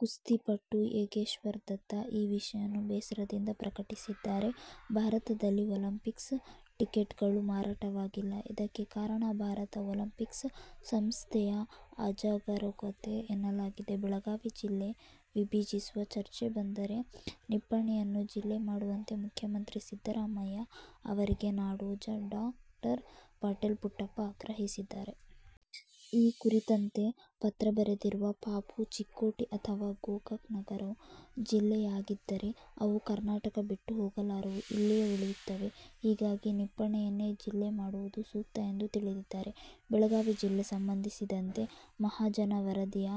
ಕುಸ್ತಿಪಟು ಯೋಗೇಶ್ವರ್ ದತ್ ಈ ವಿಷಯವನ್ನು ಬೇಸರದಿಂದ ಪ್ರಕಟಿಸಿದ್ದಾರೆ. ಭಾರತದಲ್ಲಿ ಒಲಿಂಪಿಕ್ಸ್ ಟಿಕೆಟ್ಗಳು ಮಾರಾಟವಾಗಿಲ್ಲ. ಇದಕ್ಕೆ ಕಾರಣ ಭಾರತ ಒಲಿಂಪಿಕ್ಸ್ ಸಂಸ್ಥೆಯ ಅಜಾಗರೂಕತೆ ಎನ್ನಲಾಗಿದೆ. ಬೆಳಗಾವಿ ಜಿಲ್ಲೆ ವಿಭಜಿಸುವ ಚರ್ಚೆ ಬಂದರೆ ನಿಪ್ಪಾಣಿಯನ್ನೇ ಜಿಲ್ಲೆ ಮಾಡುವಂತೆ ಮುಖ್ಯಮಂತ್ರಿ ಸಿದ್ದರಾಮಯ್ಯ ಅವರಿಗೆ ನಾಡೋಜ ಡಾ. ಪಾಟೀಲ ಪುಟ್ಟಪ್ಪ ಆಗ್ರಹಿಸಿದ್ದಾರೆ. ಈ ಕುರಿತಂತೆ ಪತ್ರ ಬರೆದಿರುವ ಪಾಪು, ಚಿಕ್ಕೋಡಿ ಅಥವಾ ಗೋಕಾಕ ನಗರವು ಜಿಲ್ಲೆಯಾಗದಿದ್ದರೆ ಅವು ಕರ್ನಾಟಕ ಬಿಟ್ಟು ಹೋಗಲಾರವು, ಇಲ್ಲಿಯೇ ಉಳಿಯುತ್ತವೆ. ಹೀಗಾಗಿ ನಿಪ್ಪಾಣಿಯನ್ನೇ ಜಿಲ್ಲೆ ಮಾಡೋದು ಸೂಕ್ತ ಎಂದು ಹೇಳಿದ್ದಾರೆ. ಬೆಳಗಾವಿ ಜಿಲ್ಲೆ ಸಂಬಂಧಿಸಿದಂತೆ ಮಹಾಜನ ವರದಿಯ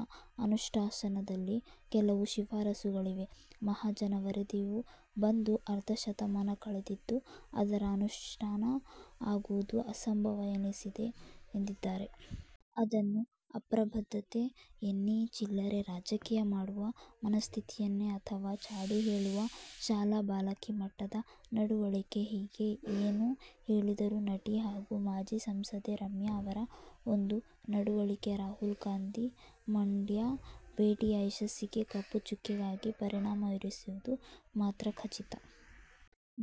ಅನುಷ್ಠಾನದಲ್ಲಿ ಕೆಲವು ಶಿಫಾರಸುಗಳಿವೆ. ಮಹಾಜನ ವರದಿಯು ಬಂದು ಅರ್ಧ ಶತಮಾನ ಕಳೆದಿದ್ದು, ಅದರ ಅನುಷ್ಠಾನ ಆಗುವುದು ಅಸಂಭವ ಎನಿಸಿದೆ ಎಂದಿದ್ದಾರೆ. ಅದನ್ನು ಅಪ್ರಬುದ್ದತೆ ಅನ್ನಿ, ಚಿಲ್ಲರೆ ರಾಜಕೀಯ ಮಾಡುವ ಮನಸ್ಥಿತಿಯೆನ್ನಿ ಅಥವಾ ಚಾಡಿ ಹೇಳುವ ಶಾಲಾ ಬಾಲಕಿ ಮಟ್ಟದ ನಡವಳಿಕೆಹೀಗೆ ಏನು ಹೇಳಿದರೂ ನಟಿ ಹಾಗೂ ಮಾಜಿ ಸಂಸದೆ ರಮ್ಯಾ ಅವರ ಒಂದು ನಡವಳಿಕೆ ರಾಹುಲ್ ಗಾಂಧಿ ಮಂಡ್ಯ ಭೇಟಿಯ ಯಶಸ್ಸಿಗೆ ಕಪ್ಪು ಚುಕ್ಕೆಯಾಗಿ ಪರಿಣಮಿಸಿರುವುದು ಮಾತ್ರ ಖಚಿತ.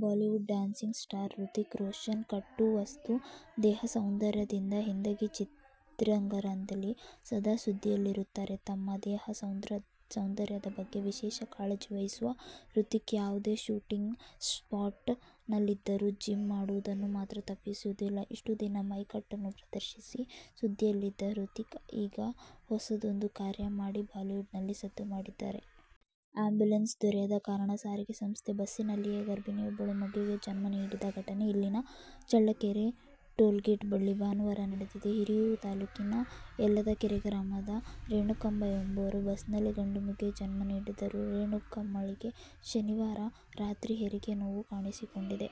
Bollywood dancing star Hrithik Roshan ಕಟ್ಟುಮಸ್ತು ದೇಹ ಸೌಂದರ್ಯದಿಂದ ಹಿಂದಿ ಚಿತ್ರರಂಗದಲ್ಲಿ ಸದಾ ಸುದ್ದಿಯಲ್ಲಿರುತ್ತಾರೆ. ತಮ್ಮ ದೇಹ ಸೌಂದರ್ಯದ ಬಗ್ಗೆ ವಿಶೇಷ ಕಾಳಜಿವಹಿಸುವ ಹೃತಿಕ್, ಯಾವುದೇ ಶೂಟಿಂಗ್ ಸ್ಟಾಟ್ ನಲ್ಲಿದ್ದರೂ ಜಿಮ್ ಮಾಡುವುದನ್ನು ಮಾತ್ರ ತಪ್ಪಿಸುವುದಿಲ್ಲ. ಇಷ್ಟು ದಿನ ಮೈಕಟ್ಟನ್ನು ಪ್ರದರ್ಶಿಸಿ ಸುದ್ದಿಯಲ್ಲಿದ್ದ ಹೃತಿಕ್ ಈಗ ಹೊಸದೊಂದು ಕಾರ್ಯ ಮಾಡಿ ಬಾಲಿವುಡ್ ನಲ್ಲಿ ಸುದ್ದು ಮಾಡಿದ್ದಾರೆ. ಆ್ಯಂಬುಲೆನ್ಸ್ ದೊರೆಯದ ಕಾರಣ ಸಾರಿಗೆ ಸಂಸ್ಥೆ ಬಸ್ನಲ್ಲಿಯೇ ಗರ್ಭಿಣಿಯೊಬ್ಬಳು ಮಗುವಿಗೆ ಜನ್ಮ ನೀಡಿದ ಘಟನೆ ಇಲ್ಲಿನ ಚಳ್ಳಕೆರೆ ಟೋಲ್ಗೇಟ್ ಬಳಿ ಭಾನುವಾರ ನಡೆದಿದೆ. ಹಿರಿಯೂರು ತಾಲೂಕಿನ ಯಲ್ಲದಕೆರೆ ಗ್ರಾಮದ ರೇಣುಕಮ್ಮ ಎಂಬುವವರು ಬಸ್ನಲ್ಲೇ ಗಂಡು ಮಗುವಿಗೆ ಜನ್ಮ ನೀಡಿದವರು. ರೇಣುಕಮ್ಮಳಿಗೆ ಶನಿವಾರ ರಾತ್ರಿ ಹೆರಿಗೆ ನೋವು ಕಾಣಿಸಿಕೊಂಡಿದೆ.